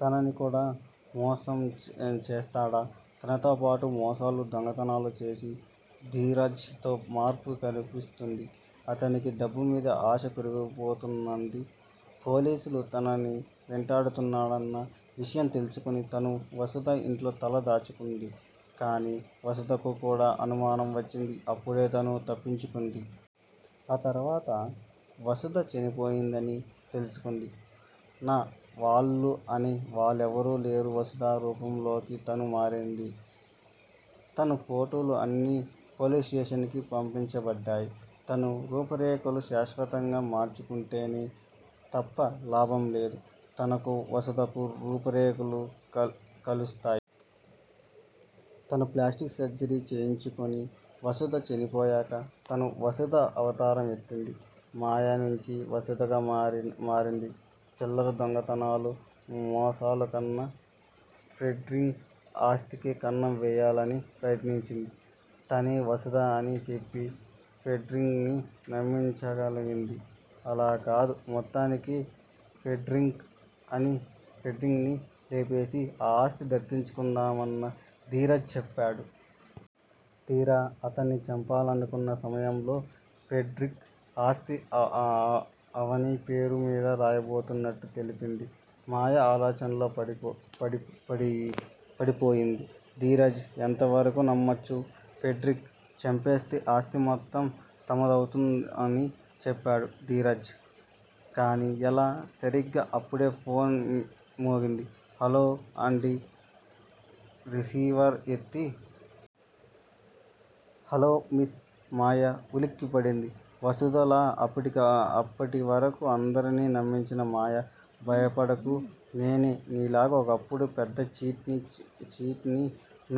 తనని కూడా మోసం చేస్తాడా. తనతోపాటు, మోసాలు, దొంగతనాలు చేసిన ధీరజ్ లో మార్పు కనిపిస్తోంది. అతనికి డబ్బు మీద ఆశ పెరిగిపోతున్నది. పోలీసులు తనని వెంటాడుతున్నారన్న విషయం తెలుసుకొని తను వసుధ ఇంట్లో తల దాచుకుంది. కానీ వసుధకు కూడా అనుమానం వచ్చింది. అప్పుడే తను తప్పించుకుంది. ఆ తర్వాత వసుధ చనిపోయిందని తెలుసుకుంది. నా' వాళ్ళు అనే వాళ్ళేవరూ లేని వసుధ రూపంలోకి తను మారింది. తను ఫోటోలు అన్నీ పోలీస్ స్టేషన్స్ కి పంపించబడ్డాయి. తను రూపురేఖలు శాశ్వతంగా మార్చేసుకుంటే తప్ప లాభం లేదు. తనకూ వసుధకు రూపు రేఖలు కలు కలుస్తాయి. తను ప్లాస్టిక్ సర్జరీ చేయించుకుని వసుధ చనిపోయాక తను వసుధ అవతారం ఎత్తింది. మాయ నుంచి వసుధగా మారింది. చిల్లర దొంగతనాలు, మోసాలుకన్నా, ఫెడ్రిక్ ఆస్తికే కన్నం వేయాలని ప్రయత్నించింది. తనే వసుధ అని చెప్పి ఫెడ్రిక్ ని నమ్మించాలనుకుంది. అలాకాదు మొత్తానికే ఫెడ్రిక్ ని లేపేసి ఆ ఆస్తి దక్కించుకుందామన ధీరజ్ చెప్పాడు. తీరా, అతడ్ని చంపాలనుకున్న సమయంలో ఫెడ్రిక్ ఆస్తి అవని పేరు మీద రాయబోతున్నట్టు తెలిసింది. మాయ ఆలోచనలో పడిపోయింది. ధీరజ్ ఎంతవరకు నమ్మొచ్చు. ఫెడ్రిక్ చంపేస్తే ఆస్తి మొత్తం తమదవుతుందని చెప్పాడు ధీరజ్. కాని ఎలా? సరిగ్గా అప్పుడే ఫోన్ మోగింది. హలో అంది రిసీవర్ ఎత్తి. హలో మిస్ మాయా ఉలిక్కిపడింది వసుధలా అప్పటివరకు అందర్నీ నమ్మించిన మాయ. భయపడకు నేనూ నీలా ఒకప్పుడు పెద్ద ఛీట్ ని.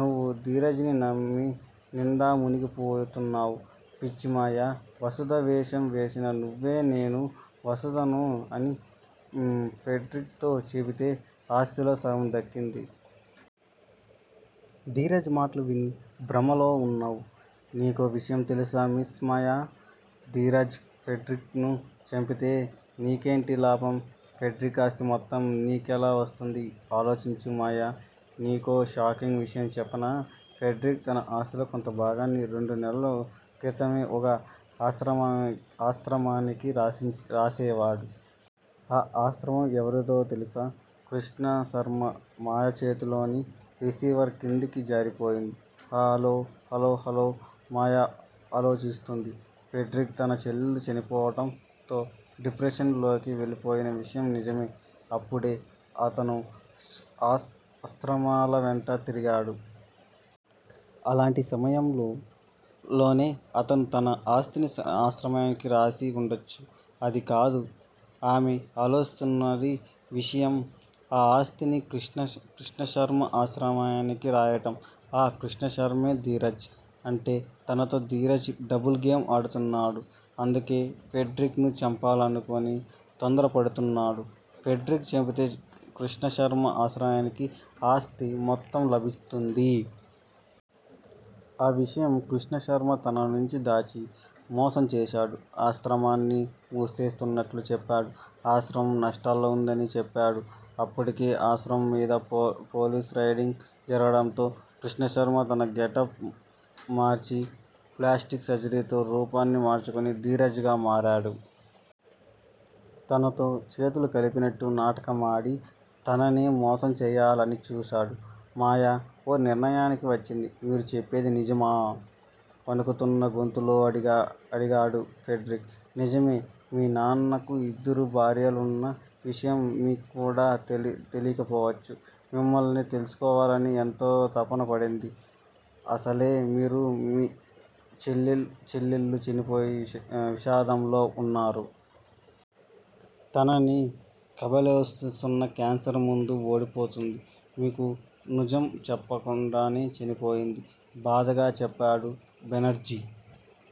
నువ్వు ధీరజ్ ని నమ్మి నిండా మునిగిపోతున్నావు. పిచ్చి మాయా వసుధ వేషం వేసిన నువ్వు నేనే వసుధను అని ఫెడ్రిక్ తో చెబితే ఆస్తిలో సగం దక్కేది. ధీరజ్ మాటలు విని భ్రమలో వున్నావు. నీకో విషయం తెలుసా మిస్ మాయా, ధీరజ్ ఫెడ్రిక్ ను చంపితే, నీకేంటి లాభం? ఫెడ్రిక్ ఆస్తి మొత్తం నీకెలా వస్తుంది? ఆలోచించు మాయా నీకో షాకింగ్ విషయం చెప్పనా? ఫెడ్రిక్ తన ఆస్తిలో కొంత భాగాన్ని రెండు నెలల క్రితమే ఓ ఆశ్రమ ఆశ్రమానికి రాసేవా డు. ఆ ఆశ్రమం ఎవరిదో తెలుసా కృ ష్ణ శ ర్మ. మాయ చేతిలోని రిసీవర్ కిందికి జారిపోయింది. హ లో హ లో హ లో మాయ ఆలోచిస్తోంది. ఫెడ్రిక్ తన చెల్లెలు చనిపోవడం తో డిప్రెషన్ లోకి వెళ్ళిపోయిన విషయం నిజమే. అప్పడే అతను ఆశ్రమాల వెంట తిరిగాడు. అలాంటి సమయంలోనే అతను తన ఆస్తిని ఆశ్రమానికి రాసి వుండొచ్చు. అది కాదు ఆమె ఆలోచిస్తోన్న విషయం. ఆ ఆస్తిని కృష్ణశర్మ ఆశ్రమానికి రాయడం, ఆ కృష్టశర్మే ధీరజ్. అంటే తనతో ధీరజ్ డబుల్ గేమ్ ఆడుతున్నాడు. అందుకే, ఫెడ్రిక్ ను చంపాలని తోందరపడుతున్నాడు. ఫెడ్రిక్ చంపితే కృష్ణశర్మ ఆశ్రమానికి అతని ఆస్తి మొత్తం లభిస్తుంది. ఆ విషయం కృష్ణశర్మ తన నుంచి దాచి, మోసం చేసాడు. ఆశ్రమాన్ని మూసేస్తున్నట్టు చెప్పాడు. ఆశ్రమం నష్టాల్లో వుందని చెప్పాడు. అప్పటికే ఆ ఆశ్రమం మీద పొలీసు రెయిడింగ్ జరగడంతో, కృష్ణశర్మ తన గెటప్ మార్చి ప్లాస్టిక్ సర్జరీతో రూపాన్ని మార్చుకొని ధీరజ్ గా మారాడు. తనతో చేతులు కలిపినట్టు నాటకమాడి తననే మోసం చేయాలని చూసాడు. మాయ ఓ నిర్ణయానికి వచ్చింది మీరు చెప్పేది నిజమా? వణుకుతోన్న గొంతుతో అడి అడిగాడు ఫెడ్రిక్. నిజమే మీ నాన్నకు ఇద్దరు భార్యలున్న విషయం మీక్కూడా తెలియ తెలియకపోవచ్చు. మిమ్మల్ని కలుసుకోవాలని ఎంతో తపన పడింది. అసలే మీరు మీ చెల్లెలె చెల్లెలు చనిపోయిన విషాదంలో వున్నారు. తనని కబళిస్తోన్న క్యాన్సర్ ముందు ఓడిపోయింది. మీకు నుజం చెప్పకుండానే చనిపోయింది. బాధగా చెప్పాడు బెనర్జీ.